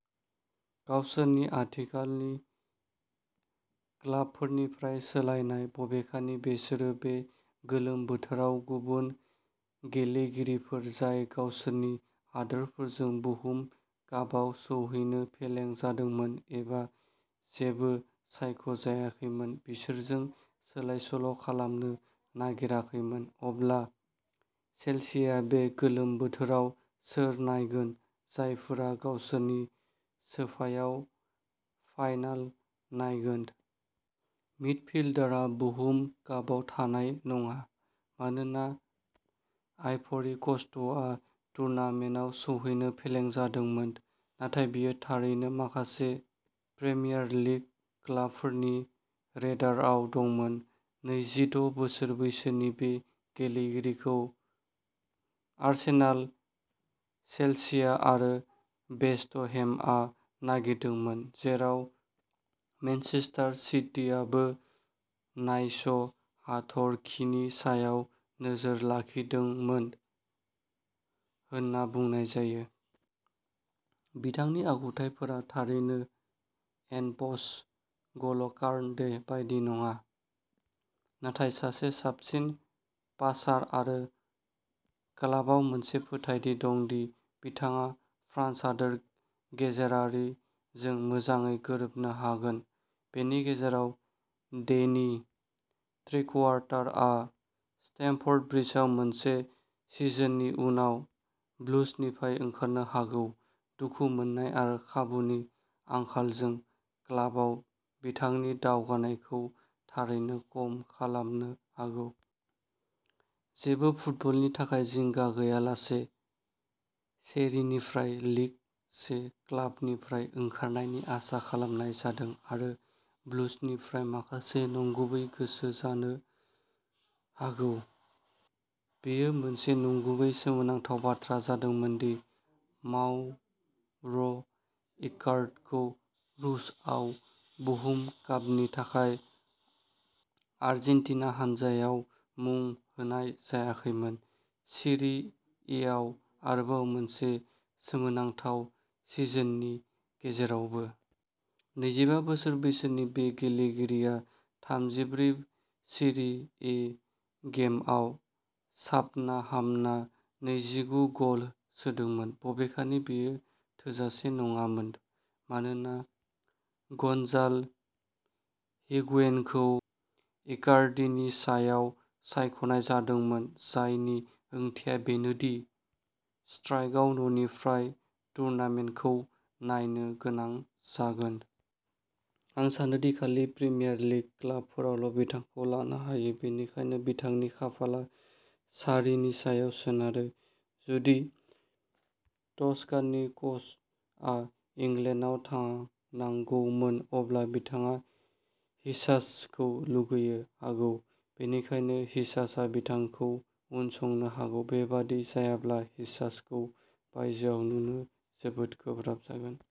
गावसोरनि आथिखालनि क्लाबफोरनिफ्राय सोलायनाय। बबेखानि बिसोर बे गोलोम बोथोराव गुबुन गेलेगिरिफोर जाय गावसोरनि हादोरफोरजों बुहुम कापआव सौहैनो फेलें जादोंमोन एबा जेबो सायख'जायाखैमोन, बिसोरजों सोलायसोल'खालामनो नागिराखैमोन। अब्ला चेल्सिया बे गोलोम बोथोराव सोर नायगोन, जायफोरा गावसोरनि सोफायाव फाइनाल नायगोन? मिडफिल्डारआ बुहुम कापआव थानाय नङा, मानोना आइभ'रि क'स्टआ टुर्नामेन्टआव सौहैनो फेलें जादोंमोन, नाथाय बियो थारैनो माखासे प्रिमियार लिग क्लाबफोरनि रेडारआव दंमोन। नैजिद' बोसोर बैसोनि बे गेलेगिरिखौ आर्सेनाल, चेल्सिया आरो वेस्ट हेमआ नागिरदोंमोन, जेराव मेनचेस्टार सिटीआबो नाइस हाथरखिनि सायाव नोजोर लाखिदोंमोन होनना बुंनाय जायो। बिथांनि आखुथायफोरा थारैनो एन'प'स ग'ल'कान्टे बायदि नङा, नाथाय सासे साबसिन पासार आरो क्लाबआव मोनसे फोथायथि दं दि बिथाङा फ्रान्स हादोर गेजेरारिजों मोजाङै गोरोबनो हागोन। बेनि गेजेराव, डेनि ड्रिंकवाटारआ स्टेमफर्ड ब्रिजआव मोनसे सिजननि उनाव ब्लुजनिफ्राय ओंखारनो हागौ, दुखु मोननाय आरो खाबुनि आंखालजों क्लाबआव बिथांनि दावगानायखौ थारैनो खम खालामनो हागौ। जेबो फुटबलनि थाखाय जिंगा गैयालासे, सेरिनिफ्राय लिग से क्लाबनिफ्राय ओंखारनायनि आसा खालामनाय जादों आरो ब्लुजनिफ्राय माखासे नंगुबै गोसो जानो हागौ। बेयो मोनसे नंगुबै सोमोनांथाव बाथ्रा जादोंमोन दि माउरो इकार्डखौ रूसआव बुहुम कापनि थाखाय आर्जेन्टिना हानजायाव मुं होनाय जायाखैमोन, सिरि एआव आरोबाव मोनसे सोमोनांथाव सिजननि गेजेरावबो। नैजिबा बोसोर बैसोनि बे गेलेगिरिया थामजिब्रै सिरि ए गेमआव साबना-हामना नैजिगु गल सोदोंमोन, बबेखानि बेयो थोजासे नङामोन मानोना गन्जाल' हिगुयेनखौ इकार्डिनि सायाव सायख'नाय जादोंमोन, जायनि ओंथिया बेनोदि स्ट्राइकआव न'निफ्राय टुर्नामेन्टखौ नायनो गोनां जागोन। "आं सानो दि खालि प्रिमियार लीग क्लाबफोराल'बिथांखौ लानो हायो, बेनिखायनो बिथांनि खाफालआ सार्रीनि सायाव सोनारो।" जुदि टस्काननि कचआ इंलेन्डआव थांनांगौमोन, अब्ला बिथाङा हिसाजखौ लुबैनो हागौ, बेनिखायनो, हिसाजआ बिथांखौ उनसंनो हागौ। बेबादि जायाब्ला, हिसाजखौ बायजोआव नुनो जोबोद गोब्राब जागोन।